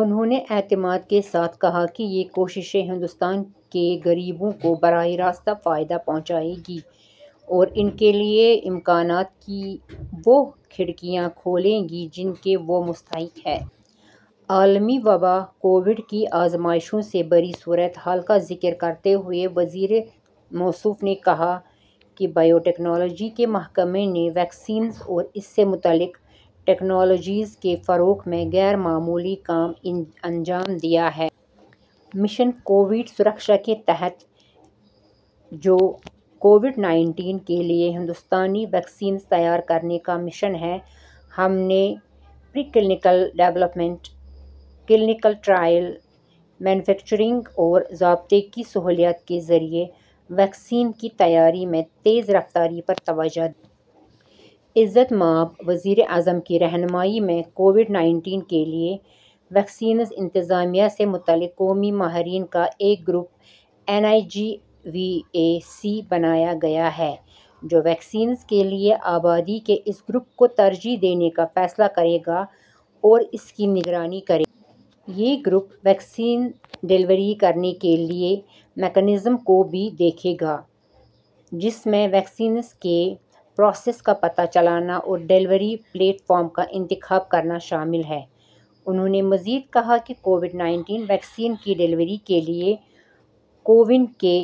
انہوں نے اعتماد کے ساتھ کہا کہ یہ کوششیں ہندوستان کے غریبوں کو براہ راست فائدہ پہنچائیں گی اور ان کے لیے امکانات کی وہ کھڑکیاں کھولیں گی جن کے وہ مستحق ہیں۔ عالمی وبا کووڈ کی آزمائشوں سے بھری صورتحال کا ذکر کرتے ہوئے وزیر موصوف نے کہا کہ بائیو ٹیکنالوجی کے محکمے نے ویکسین اور اس سے متعلق ٹیکنالوجیز کے فروغ میں غیر معمولی کام انجام دیا ہے۔ مشن کووڈ سرکھشا کے تحت، جو کووڈ نائنٹین کے لیے ہندوستانی ویکسین تیار کرنے کا مشن ہے، ہم نے pre clinical development, clinical trial, manufacturing اور ضابطے کی سہولت کے ذریعے ویکسین کی تیاری میں تیز رفتاری پر توجہ دی۔ عزت مآب وزیراعظم کی رہنمائی میں کووڈ نائنٹین کے لیے ویکسین انتظامیہ سے متعلق قومی ماہرین کا ایک group N E G V A C بنایا گیا ہے، جو ویکسین کے لیے آبادی کے اس گروپ کو ترجیح دینے کا فیصلہ کرے گا اور اس کی نگرانی کرے گا۔ یہ گروپ ویکسین ڈیلیوری کرنے کے میکانزم کو بھی دیکھے گا، جس میں ویکسین کے پروسیس کا پتہ چلانا اور ڈیلیوری پلیٹ فارم کا انتخاب کرنا شامل ہے۔ انہوں نے مزید کہا کہ کووڈ نائنٹین ویکسین کی ڈیلیوری کے لیے کو وِن کے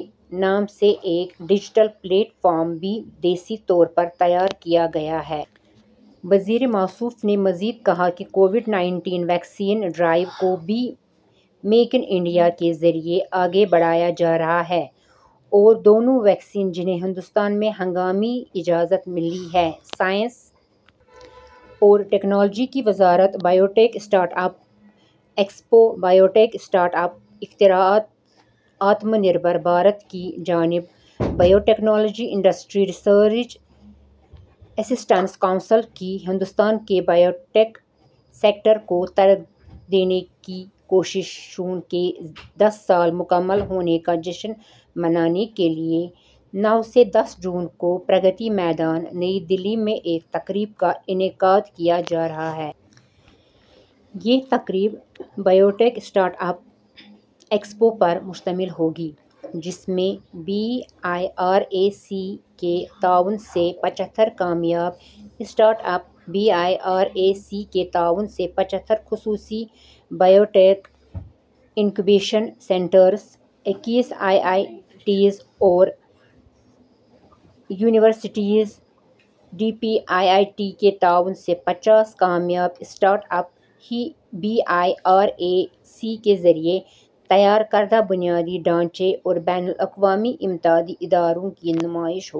نام سے ایک ڈیجیٹل پلیٹ فارم بھی دیسی طور پر تیار کیا گیا ہے۔ وزیر موصوف نے مزید کہا کہ کووڈ نائنٹین ویکسین ڈرائیو کو بھی میک اِن انڈیا کے ذریعے آگے بڑھایا جا رہا ہے اور دونوں ویکسین جنہیں ہندوستان میں ہنگامی اجازت ملی ہے۔ سائنس اور ٹیکنالوجی کی وزارت biotech startup expo biotech startup اختراعات: آتم نربھر بھارت کی جانب biotechnology industry research assistance council کی ہندوستان کے بائیوٹیک سیکٹر کو ترقی دینے کی کوششوں کے دس سال مکمل ہونے کا جشن منانے کے لیے، نو سے دس جون کو پرگتی میدان، نئی دہلی میں ایک تقریب کا انعقاد کیا جا رہا ہے۔ یہ تقریب بائیوٹیک اسٹارٹ اپ ایکسپو پر مشتمل ہوگی، جس میں be I R A C کے تعاون سے پچہتر کامیاب startups, B I R A C کے تعاون سے پچہتر خصوصی بائیوٹیک انکیوبیشن سینٹرز، اکیس آئی آئی ٹیز اور universities, D P I I T کے تعاون سے پچاس کامیاب startups, B I R A C کے ذریعے تیار کردہ بنیادی ڈھانچے اور بین الاقوامی امدادی اداروں کی نمائش ہوگی۔